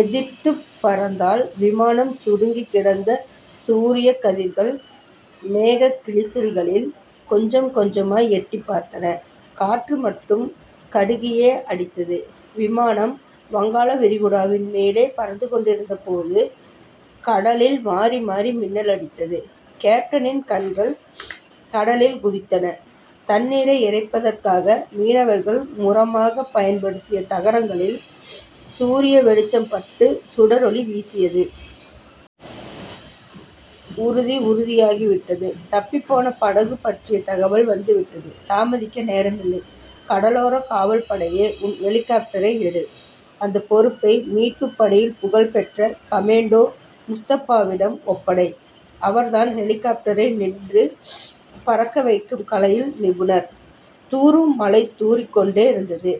எதிர்த்துப் பறந்தால் விமானம் சுருங்கிக் கிடந்த சூரியக் கதிர்கள் மேகக் கிழிசல்களில் கொஞ்சம் கொஞ்சமாய் எட்டிப் பார்த்தன. காற்று மட்டும் கடுகியே அடித்தது. விமானம் வங்காள விரிகுடாவின் மேலே பறந்து கொண்டிருந்தபோது, கடலில் மாறிமாறி மின்னலடித்தது. கேப்டனின் கண்கள் கடலில் குதித்தன. தண்ணீரை இறைப்பதற்காக மீனவர்கள் முறமாகப் பயன்படுத்திய தகரங்களில் சூரிய வெளிச்சம்பட்டுச் சுடரொளி வீசியது. உறுதி உறுதியாகிவிட்டது. தப்பிப்போன படகு பற்றிய தகவல் வந்துவிட்டது. தாமதிக்க நேரமில்லை. கடலோரக் காவல் படையே. உன் ஹெலிகாப்ட்டரை எடு. அந்தப் பொறுப்பை, மீட்புப் பணியில் புகழ்பெற்ற கமேண்டோ முஸ்தஃபாவிடம் ஒப்படை. அவர்தான் ஹெலிகாப்ட்டரை நின்று பறக்க வைக்கும் கலையில் நிபுணர். தூறும் மழை தூறிக் கொண்டேயிருந்தது.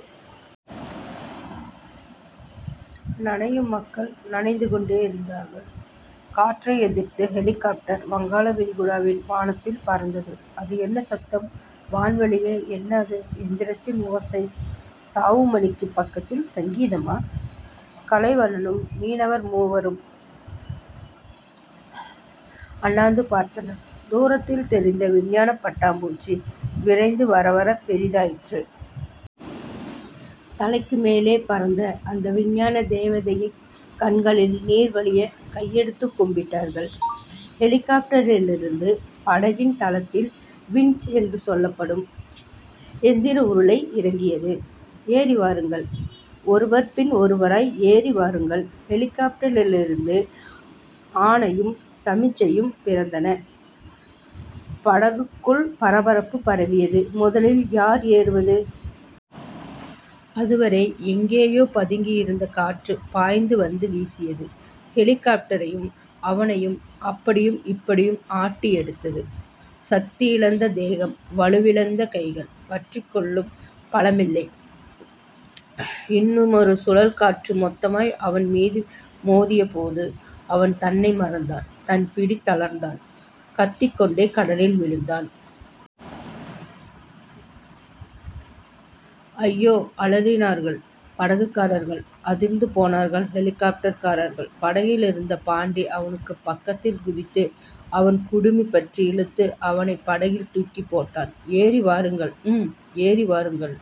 நனையும் மக்கள் நனைந்து கொண்டேயிருந்தார்கள். காற்றை எதிர்த்து ஹெலிகாப்ட்டர் வங்காளவிரிகுடாவின் வானத்தில் பறந்தது. அது என்ன சத்தம்? வான்வழியே என்ன அது எந்திரத்தின் ஓசை? சாவுமணிக்குப் பக்கத்தில் சங்கீதமா? கலைவண்ணனும் மீனவர் மூவரும் அண்ணாந்து பார்த்தனர். தூரத்தில் தெரிந்த விஞ்ஞானப் பட்டாம்பூச்சி, விரைந்து வரவரப் பெரிதாயிற்று. தலைக்குமேலே பறந்த அந்த விஞ்ஞான தேவதையைக் கண்களில் நீர்வழியக் கையெடுத்துக் கும்பிட்டார்கள். ஹெலிகாப்ட்டரிலிருந்து படகின் தளத்தில் வின்ச் என்று சொல்லப்படும் எந்திர உருளை இறங்கியது. ஏறிவாருங்கள் ஒருவர் பின் ஒருவராய் ஏறிவாருங்கள் ஹெலிகாப்ட்டரிலிருந்து ஆணையும் சமிக்ஞையும் பிறந்தன. படகுக்குள் பரபரப்பு பரவியது. முதலில் யார் ஏறுவது? அதுவரை எங்கேயோ பதுங்கியிருந்த காற்று பாய்ந்து வந்து வீசியது. ஹெலிகாப்ட்டரையும் அவனையும் அப்படியும் இப்படியும் ஆட்டி எடுத்தது. சக்தியிழந்த தேகம். வலுவிழுந்த கைகள். பற்றிக் கொள்ளும் பலமில்லை. இன்னும்ஒரு சுழல்காற்று மொத்தமாய் அவன்மீது மோதியபோது, அவன் தன்னை மறந்தான். தன் பிடி தளர்ந்தான். கத்திக்கொண்டே கடலில் விழுந்தான். அய்யோ அலறினார்கள் படகுக்காரர்கள். அதிர்ந்து போனார்கள் ஹெலிகாப்ட்டர்காரர்கள். படகில் இருந்த பாண்டி அவனுக்குப் பக்கத்தில் குதித்து, அவன் குடுமி பற்றி இழுத்து அவனைப் படகில் தூக்கிப் போட்டான். ஏறிவாருங்கள். ம் ஏறிவாருங்கள்.